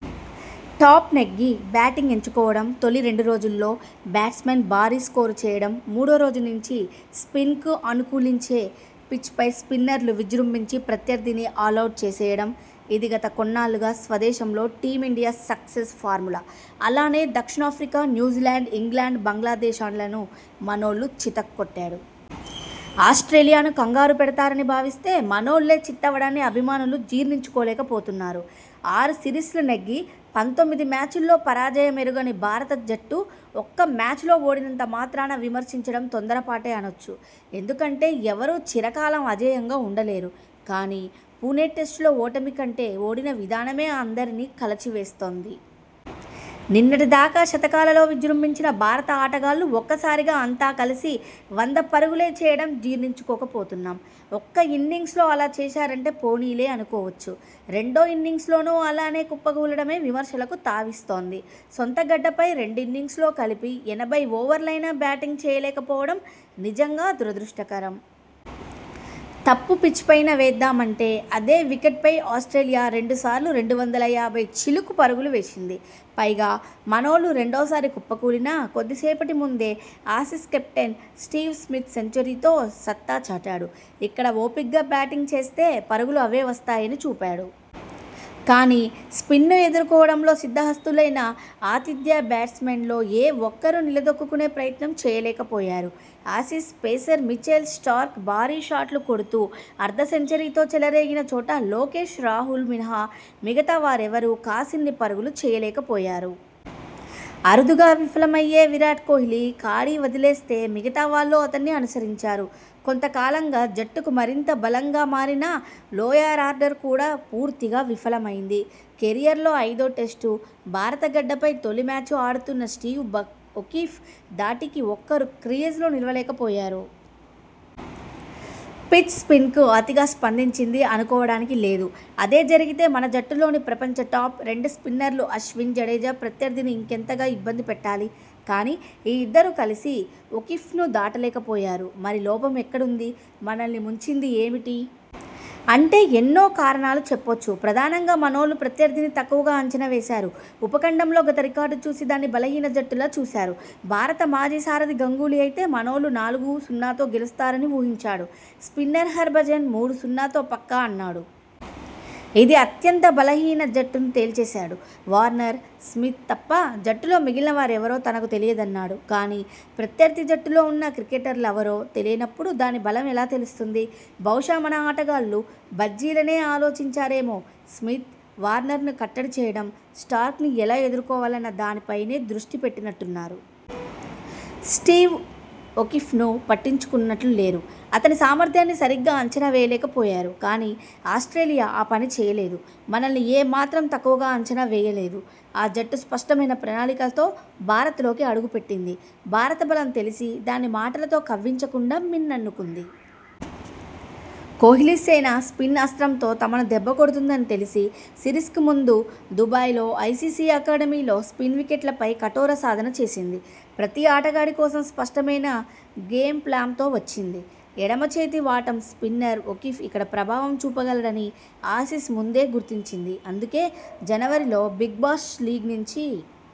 Toss నెగ్గి batting ఎంచు కోవడం, తొలి రెండు రోజుల్లో బ్యాట్స్మెన్ భారీ స్కోరు చేయడంమూడో రోజు నుంచి స్పిన్కు అను కూలించే పిచ్పై స్పిన్నర్లు విజృంభించి ప్రత్యర్థిని ఆలౌట్ చేసేయడం.! ఇదీ గత కొన్నాళ్లుగా స్వదేశంలో టీమిండియా సక్సెస్ ఫార్ములా. అలానే, దక్షిణాఫ్రికా, న్యూజిలాండ్, ఇంగ్లండ్, బంగ్లాదేశ్లను మనోళ్లు చితక్కొట్టాడు! ఆస్ట్రేలియా ను కంగారు పెడతారని భావిస్తే మనోళ్లే చిత్తవడాన్ని అభిమానులు జీర్ణించుకోలేకపోతున్నారు.! ఆరు సిరీస్లు నెగ్గి, పంతొమ్మిది మ్యాచ్ల్లో పరాజయం ఎరుగని భారత జట్టు ఒక్క మ్యాచ్లో ఓడినంత మాత్రాన విమర్శించడం తొందర పాటే అనొచ్చు. ఎందు కంటే ఎవరూ చిరకాలం అజేయంగా ఉండలేరు. కానీ, పుణె టెస్టులో ఓటమి కంటే ఓడిన విధానమే అందరినీ కలచి వేస్తోంది.! నిన్నటి దాకా శతకాలతో విజృంభించిన భారత ఆటగాళ్లు ఒక్క సారిగా అంతా కలిసి వంద పరుగులే చేయడం జీర్ణించుకోకపోతున్నాం. ఒక్క ఇన్నింగ్స్లో అలా చేశారంటే పోనీలే అనుకోవచ్చు. రెండో ఇన్నింగ్స్లోనూ అలానే కుప్ప కూలడమే విమర్శలకు తావిస్తోంది. సొంత గడ్డపై రెండు ఇన్నింగ్స్ల్లో కలిపి ఎనభై ఓవర్లయినా బ్యాటింగ్ చేయలేక పోవడం నిజంగా దురదృష్టకరం. తప్పు పిచ్పైన వేద్దామంటే అదే వికెట్పై ఆస్ట్రేలియా రెండు సార్లు రెండు వందల యాభై చిలుకు పరుగులు చేసింది. పైగా, మనోళ్లు రెండో సారి కుప్పకూలిన కొద్దిసేపటి ముందే ఆసీస్ కెప్టెన్ స్టీవ్ స్మిత్ సెంచరీతో సత్తా చాటాడు. ఇక్కడ ఓపిగ్గా బ్యాటింగ్ చేస్తే పరుగులు అవే వస్తాయని చూపాడు. కానీ, స్పిన్ను ఎదుర్కోవడంలో సిద్ధ హస్తులైన ఆతిథ్య బ్యాట్స్మెన్లో ఏ ఒక్కరూ నిల దొక్కుకునే ప్రయత్నం చేయలేక పోయారు. ఆసీస్ పేసర్ మిచెల్ స్టార్క్ భారీ షాట్లు కొడుతూ అర్ధ సెంచరీతో చెలరేగిన చోట లోకేశ్ రాహుల్ మినహా మిగతావారెవరూ కాసిన్ని పరుగులు చేయలేక పోయారు. అరుదుగా విఫలమయ్యే విరాట్ కోహ్లీ కాడి వదిలేస్తే మిగతా వాళ్లూ అతణ్ణి అనుసరించారు. కొంత కాలంగా జట్టుకు మరింత బలంగా మారిన లోయరార్డర్ కూడా పూర్తిగా విఫలమైంది. కెరీర్లో ఐదో టెస్టు, భారత గడ్డపై తొలి మ్యాచ్ ఆడుతున్న స్టీవ్ ఒకీఫ్ ధాటికి ఒక్కరూ క్రీజులో నిలువ లేకపోయారు. పిచ్ స్పిన్కు అతిగా స్పందించింది అనుకోవడానికీ లేదు. అదే జరిగితే మన జట్టులోని ప్రపంచ టాప్, రెండు స్పిన్నర్లు అశ్విన్, జడేజా ప్రత్యర్థిని ఇంకెంతగా ఇబ్బంది పెట్టాలి. కానీ, ఈ ఇద్దరూ కలిసి ఒకీఫ్ను దాటలేక పోయారు. మరి లోపం ఎక్కడుంది? మనల్ని ముంచింది ఏమిటి? అంటే ఎన్నో కారణాలు చెప్పొచ్చు. ప్రధానంగా, మనోళ్లు ప్రత్యర్థిని తక్కువగా అంచనా వేశారు. ఉప ఖండంలో గత రికార్డు చూసి దాన్ని బలహీన జట్టులా చూశారు. భారత మాజీ సారథి గంగూలీ అయితే మనోళ్లు నాలుగు, సున్నాతో గెలుస్తారని ఊహించాడు. స్పిన్నర్ హర్భజన్ మూడు, సున్నాతో పక్కా అన్నాడు. ఇది అత్యంత బలహీన జట్టని తేల్చేశాడు. వార్నర్, స్మిత తప్ప జట్టులో మిగిలిన వారెవరో తనకు తెలియదన్నాడు. కానీ, ప్రత్యర్థి జట్టులో ఉన్న క్రికెటర్లవరో తెలియనప్పుడు దాని బలం ఎలా తెలుస్తుంది? బహుశా మన ఆటగాళ్లూ భజ్జీలానే ఆలోచించారేమో! స్మిత్, వార్నర్ను కట్టడి చేయడం, స్టార్క్ను ఎలా ఎదుర్కోవాలన్న దానిపైనే దృష్టి పెట్టినట్టున్నారు. స్టీవ్ ఒకీఫ్ను పట్టించుకున్నట్టు లేరు. అతని సామర్థ్యాన్ని సరిగ్గా అంచనా వేయలేక పోయారు. కానీ, ఆస్ట్రేలియా ఆ పని చేయలేదు. మనల్ని ఏ మాత్రం తక్కువగా అంచనా వేయలేదు. ఆ జట్టు స్పష్టమైన ప్రణాళికతో భారతలోకి అడుగు పెట్టింది. భారత బలం తెలిసి దాన్ని మాటలతో కవ్వించకుండా మిన్ననుకుంది కోహ్లీసేన స్పిన్ అస్త్రంతో తమను దెబ్బ కొడుతుందని తెలిసి సిరీస్కు ముందు దుబాయ్లో ఐసీసీ అకాడమీలో స్పిన్ వికెట్లపై కఠోర సాధన చేసింది. ప్రతీ ఆటగాడి కోసం స్పష్టమైన గ్లేమ్ ప్లామ్తో వచ్చింది. ఎడమ చేతి వాటం స్పిన్నర్ ఒకీఫ్ ఇక్కడ ప్రభావం చూపగలడని ఆసీస్ ముందే గుర్తించింది. అందుకే, జనవరిలో బిగ్ బాష్ లీగ్ నుంచి